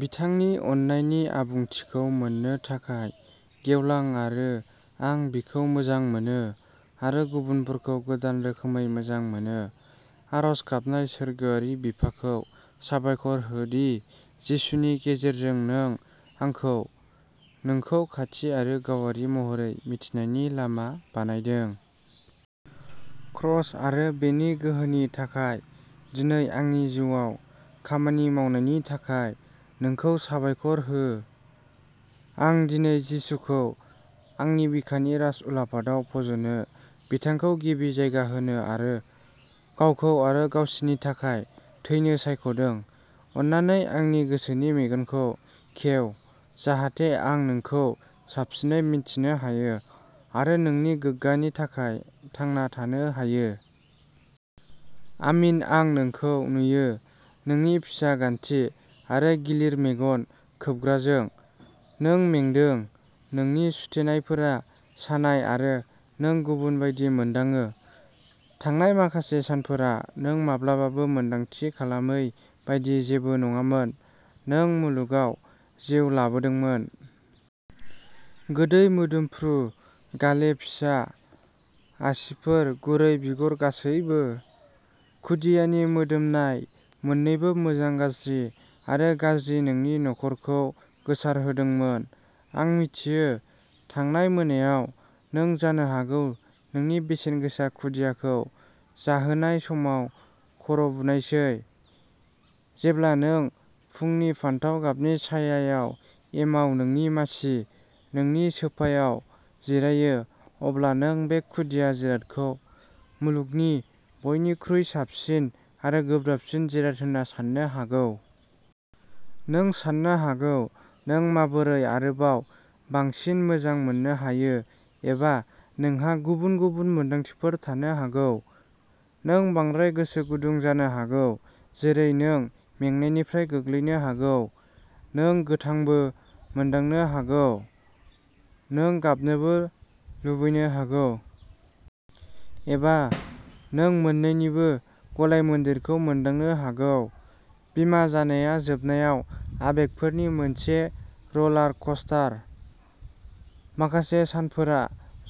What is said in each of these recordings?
बिथांनि अननायनि आबुंथिखौ मोन्नो थाखाय गेवलां आरो आं बिखौ मोजां मोनो आरो गुबुनफोरखौ गोदान रोखोमै मोजां मोनो। आरज गाबनाय सोरगोआरि बिफाखौ साबायखर हो दि जिसुनि गेजेरजों नों आंखौ नोंखौ खाथि आरो गावारि महरै मिथिनायनि लामा बानायदों। क्रस आरो बेनि गोहोनि थाखाय दिनै आंनि जिउआव खामानि मावनायनि थाखाय नोंखौ साबायखर हो। आं दिनै जिसुखौ आंनि बिखानि राजउलाफादाव फज'नो बिथांखौ गिबि जायगा होनो आरो गावखौ आरो गावसिनि थाखाय थैनो सायख'दों अन्नानै आंनि गोसोनि मेगनखौ खेव जाहाथे आं नोंखौ साबसिनै मिन्थिनो हायो आरो नोंनि गोग्गानि थाखाय थांना थानो हायो। आमीन आं नोंखौ नुयो नोंनि फिसा गान्थि आरो गिलिर मेगन खोबग्राजों। नों मेंदों नोंनि सुथेनायफोरा सानाय आरो नों गुबुन बायदि मोनदाङो। थांनाय माखासे सानफोरा नों माब्लाबाबो मोन्दांथि खालामै बायदि जेबो नङामोन। नों मुलुगाव जिउ लाबोदोंमोन। गोदै मोदोमफ्रु गाले फिसा आसिफोर गुरै बिगुर गासैबो। खुदियानि मोदोमनाय मोन्नैबो मोजां गाज्रि आरो गाज्रि नोंनि न'खरखौ गोसारहोदोंमोन। आं मिथियो थांनाय मोनायाव नों जानो हागौ नोंनि बेसेनगोसा खुदियाखौ जाहोनाय समाव खर'बुनायसै। जेब्ला नों फुंनि फान्थाव गाबनि सायायाव एमाव नोंनि मासि नोंनि सोफायाव जिरायो अब्ला नों बे खुदिया जिरादखौ मुलुगनि बयनिख्रुइ साबसिन आरो गोब्राबसिन जिराद होनना साननो हागौ। नों साननो हागौ नों माबोरै आरोबाव बांसिन मोजां मोननो हायो एबा नोंहा गुबुन गुबुन मोनदांथिफोर थानो हागौ। नों बांद्राय गोसो गुदुं जानो हागौ जेरै नों मेंनायनिफ्राय गोग्लैनो हागौ। नों गोथांबो मोनदांनो हागौ। नों गाबनोबो लुबैनो हागौ। एबा नों मोन्नैनिबो गलायमोन्देरखौ मोनदांनो हागौ। बिमा जानाया जोबनायाव आबेगफोरनि मोनसे र'लार कस्टार। माखासे सानफोरा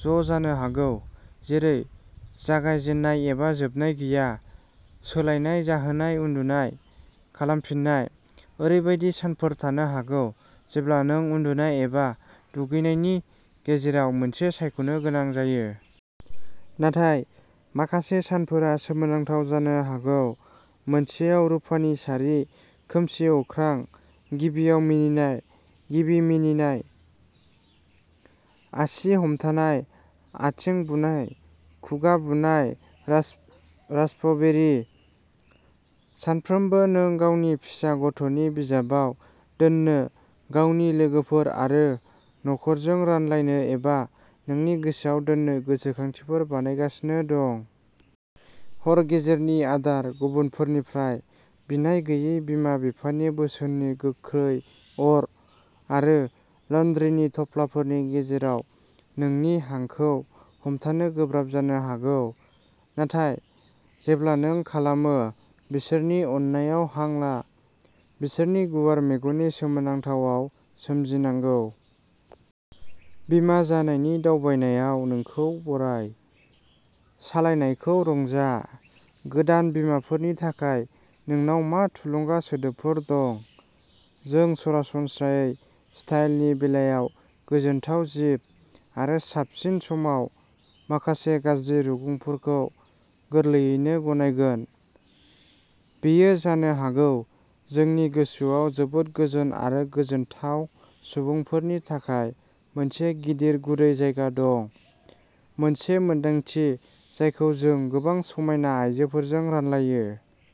ज'जानो हागौ जेरै जागाय जेननाय एबा जोबनाय गैया। सोलायनाय जाहोनाय उन्दुनाय, खालामफिननाय। ओरैबायदि सानफोर थानो हागौ जेब्ला नों उन्दुनाय एबा दुगैनायनि गेजेराव मोनसे सायख'नो गोनां जायो। नाथाय, माखासे सानफोरा सोमोनांथाव जानो हागौ मोनसेआव रुफानि सारि खोमसि अख्रां गिबियाव मिनिनाय गिबि मिनिनाय आसि हमथानाय आथिं बुनाय खुगा बुनाय रास्पबेरी। सानफ्रोमबो नों गावनि फिसा गथ'नि बिजाबाव दोन्नो गावनि लोगोफोर आरो नखरजों रानलायनो एबा नोंनि गोसोआव दोननो गोसोखांथिफोर बानायगासिनो दं। हर गेजेरनि आदार गुबुनफोरनिफ्राय बिनाय गैयै बिमा बिफानि बोसोननि गोख्रै अर आरो लान्ड्रीनि थफ्लाफोरनि गेजेराव नोंनि हांखौ हमथानो गोब्राब जानो हागौ। नाथाय जेब्ला नों खालामो बिसोरनि अननायाव हां ला। बिसोरनि गुवार मेगननि सोमोनांथावाव सोमजिनांगौ। बिमा जानायनि दावबायनायाव नोंखौ बराय। सालायनायखौ रंजा। गोदान बिमाफोरनि थाखाय नोंनाव मा थुलुंगा सोदोबफोर दं? जों सरासनस्रायै स्टाइलनि बेलायाव गोजोनथाव जिब आरो साबसिन समाव माखासे गाज्रि रुगुंफोरखौ गोरलैयैनो गनायगोन। बेयो जानो हागौ जोंनि गोसोआव जोबोद गोजोन आरो गोजोनथाव सुबुंफोरनि थाखाय मोनसे गिदिर गुरै जायगा दं, मोनसे मोनदांथि जायखौ जों गोबां समायना आइजोफोरजों रानलायो।